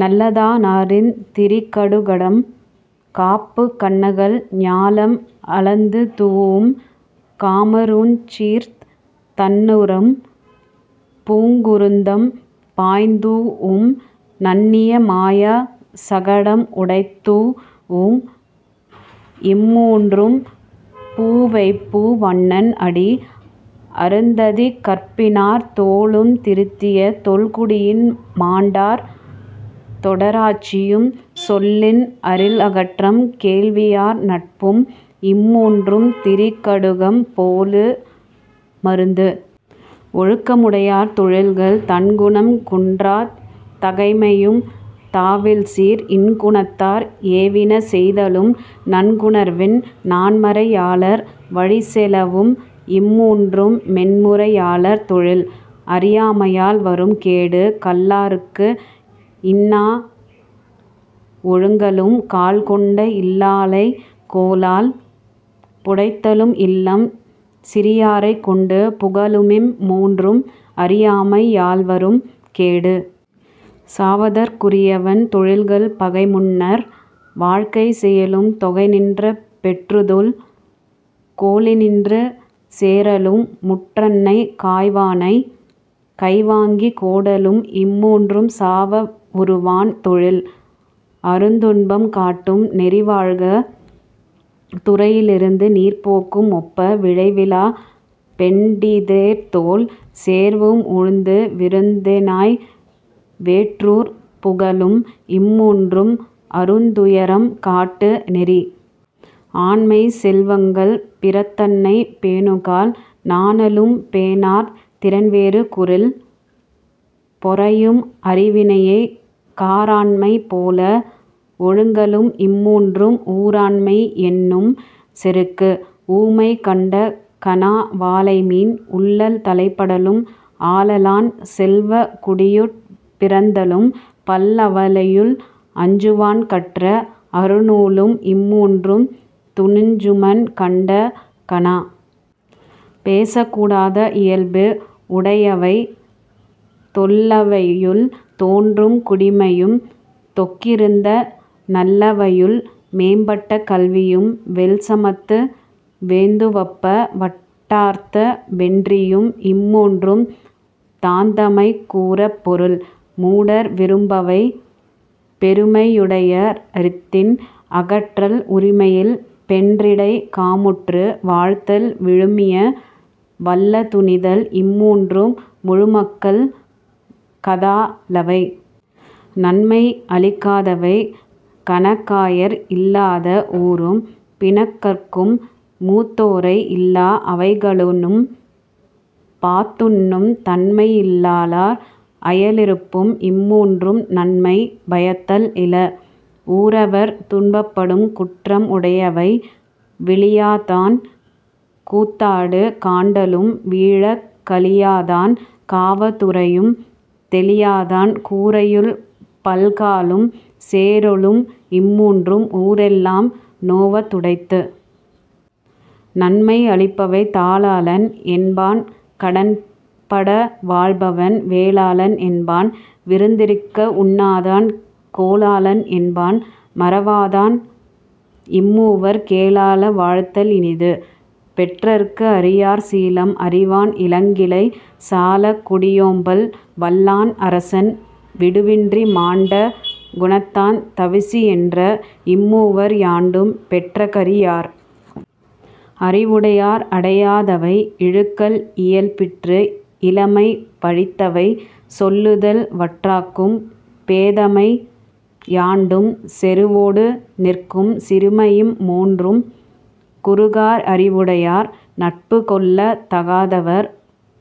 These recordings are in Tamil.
நல்லாதனாரின் திரிகடுகம் காப்பு கண்ணகல் ஞாலம் அளந்துதூஉம் காமருசீர்த் தண்ணறும் பூங்குருந்தம் பாய்த்ததூஉம் நண்ணிய மாயச் சகடம் உதைத்தூஉம் இம்மூன்றும் பூவைப்பூ வண்ணன் அடி. அருந்ததிக் கற்பினார் தோளும் திருந்திய தொல்குடியின் மாண்டார் தெடார்ச்சியும் சொல்லின் அரில்அகற்றும் கேள்வியார் நட்பும் இம்மூன்றும் திரிகடுகம் போலு மருந்து.. ஒழுக்கமுடையார் தொழில்கள் தன்குணம் குன்றாத் தகைமையும் தாவில்சீர் இன்குணத்தார் ஏவினசெய்தலும் நன்குணர்வின் நான்மறை யாளர் வழிச்செலவும் இம்மூன்றும் மென்முறை யாளர் தொழில்.. அறியாமையால் வரும் கேடு கல்லார்க்கு இனனாய் ஒழுகலும் காழ்கொண்ட இல்லாளைக் கோலால் புடைத்தலும் இல்லம் சிறியாரைக் கொண்டு புகலுமிம் மூன்றும் அறியாமை யால்வரும் கேடு.. சாவதற்குரியவன் தொழில்கள் பகைமுன்னர் வாழ்க்கை செயலும் தொகைநின்ற பெற்றத்துள் கோலின்றிச் சேறலும் முற்றன்னைக் காய்வானைக் கைவாங்கிக் கோடலும் இம்மூன்றும் சாவ வுறுவான் தொழில்.. அருந்துன்பம் காட்டும் நெறி வழங்காத் துறையிழிந்து நீர்ப்போக்கும் ஒப்ப விழைவிலாப் பெண்டீர்த்தோள் சேர்வும் உழந்து விருந்தினனாய் வேற்றூர் புகலும் இம்மூன்றும் அருந்துயரம் காட்டு நெறி.. ஆண்மைச் செல்வங்கள் பிறர்தன்னைப் பேணுங்கால் நாணலும் பேணார் திறன்வேறு கூறில் பொறையும் அறவினையைக் காராண்மை போல ஒழுகலும் இம்மூன்றும் ஊராண்மை யென்னும் செருக்கு.. ஊமை கண்ட கனா வாளைமீன் உள்ளல் தலைப்படலும் ஆளல்லான் செல்வக் குடியுட் பிறத்தலும் பல்அவையுள் அஞ்சுவான் கற்ற அருநூலும் இம்மூன்றும் துஞ்சூமன் கண்ட கனா.. பேசக்கூடாத இயல்பு உடையவை தொல்லவையுள் தோன்றும் குடிமையும் தொக்கிருந்த நல்லவையுள் மேம்பட்ட கல்வியும் வெல்சமத்து வேந்துவப்ப வட்டார்த்த வென்றியும் இம்மூன்றும் தாந்தம்மைக் கூறாப் பொருள்.. மூடர் விரும்புபவை பெருமை யுடையா ரினத்தின் அகறல் உரிமையில் பெண்டிரைக் காமுற்று வாழ்தல் விழுமிய வல்ல துணிதல் இம்மூன்றும் முழுமக்கள் காத லவை.. நன்மை அளிக்காதவை கணக்காயர் இல்லாத ஊரும் பிணக்கறுக்கும் மூத்தோரை இல்லா அவைக்களனும் பாத்துண்ணும் தன்மையி லாளர் அயலிருப்பும் இம்முன்றும் நன்மை பயத்தல் இல.. ஊரவர் துன்பப்படும் குற்றம் உடையவை விளியாதான் கூத்தாட்டுக் காண்டலும் வீழக் களியாதான் காவா துரையும் தெளியாதான் கூரையுள் பல்காலும் சேறலும் இம்மூன்றும் ஊரெல்லாம் நோவ துடைத்து.. நன்மை அளிப்பவை தாளாளன் என்பான் கடன்படா வாழ்பவன் வேளாளன் என்பான் விருந்திருக்க உண்ணாதான் கோளாளன் என்பான் மறவாதான் இம்மூவர் கேளாக வாழ்தல் இனிது.. பெறற்கு அரியார் சீலம் அறிவான் இளங்கிளை சாலக் குடியோம்பல் வல்லான் அரசன் வடுவின்றி மாண்ட குணத்தான் தவசியென்ற இம்மூவர் யாண்டும் பெறற்கரி யார்.. அறிவுடையார் அடையாதவை இழுக்கல் இயல்பிற்று இளமை பழித்தவை சொல்லுதல் வற்றாகும் பேதைமை யாண்டும் செறுவொடு நிற்கும் சிறுமைஇம் மூன்றும் குறுகார் அறிவுடை யார்.. நட்புக் கொள்ளத் தகாதவர்.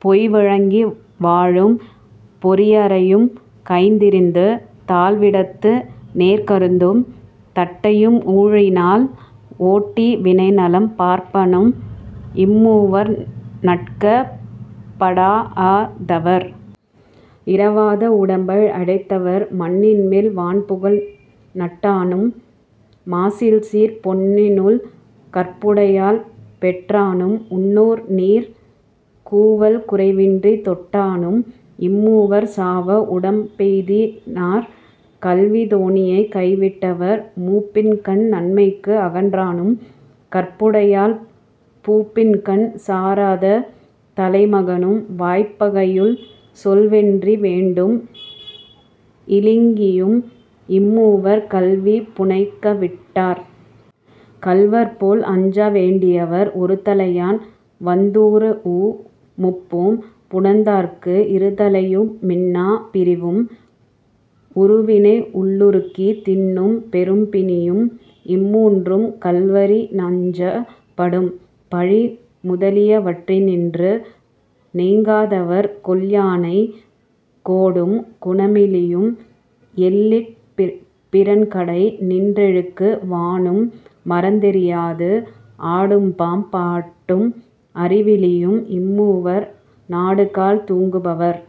பொய்வழங்கி வாழும் பொறியறையும் கைதிரிந்து தாழ்விடத்து நேர்கருதும் தட்டையும் ஊழினால் ஒட்டி வினைநலம் பார்ப்பானும் இம்மூவர் நட்கப் படாஅ தவர்.. இறவாத உடம்பை அடைந்தவர் மண்ணின்மேல் வான்புகழ் நட்டானும் மாசில்சீர்ப் பெண்ணினுள் கற்புடையாள் பெற்றானும் உண்ணுநீர் கூவல் குறைவின்றித் தொட்டானும் இம்மூவர் சாவா உடம்பெய்தி னார்.. கல்வித் தோணியைக் கைவிட்டவர் மூப்பின்கண் நன்மைக்கு அகன்றானும் கற்புடையாள் பூப்பின்கண் சாராத தலைமகனும் வாய்ப்பகையுள் சொல்வென்றி வேண்டும் இலிங்கியும் இம்மூவர் கல்விப் புணைகைவிட் டார்.. கள்வர் போல் அஞ்ச வேண்டியவர் ஒருதலையான் வந்துறூஉ மூப்பும் புணர்ந்தார்க்கு இருதலையு மின்னாப் பிரிவும் உருவினை உள்ளுருக்கித் தின்னும் பெரும்பிணியும் இம்மூன்றும் கள்வரி னஞ்சப் படும்.. பழி முதலியவற்றினின்று நீங்காதவர் கொல்யானைக் கோடும் குணமிலியும் எல்லிற் பிறன்கடை நின்றொழுகு வானும் மறந்தெரியாது ஆடும்பாம் பாட்டும் அறிவிலியும் இம்மூவர் நாடுங்கால் தூங்கு பவர்..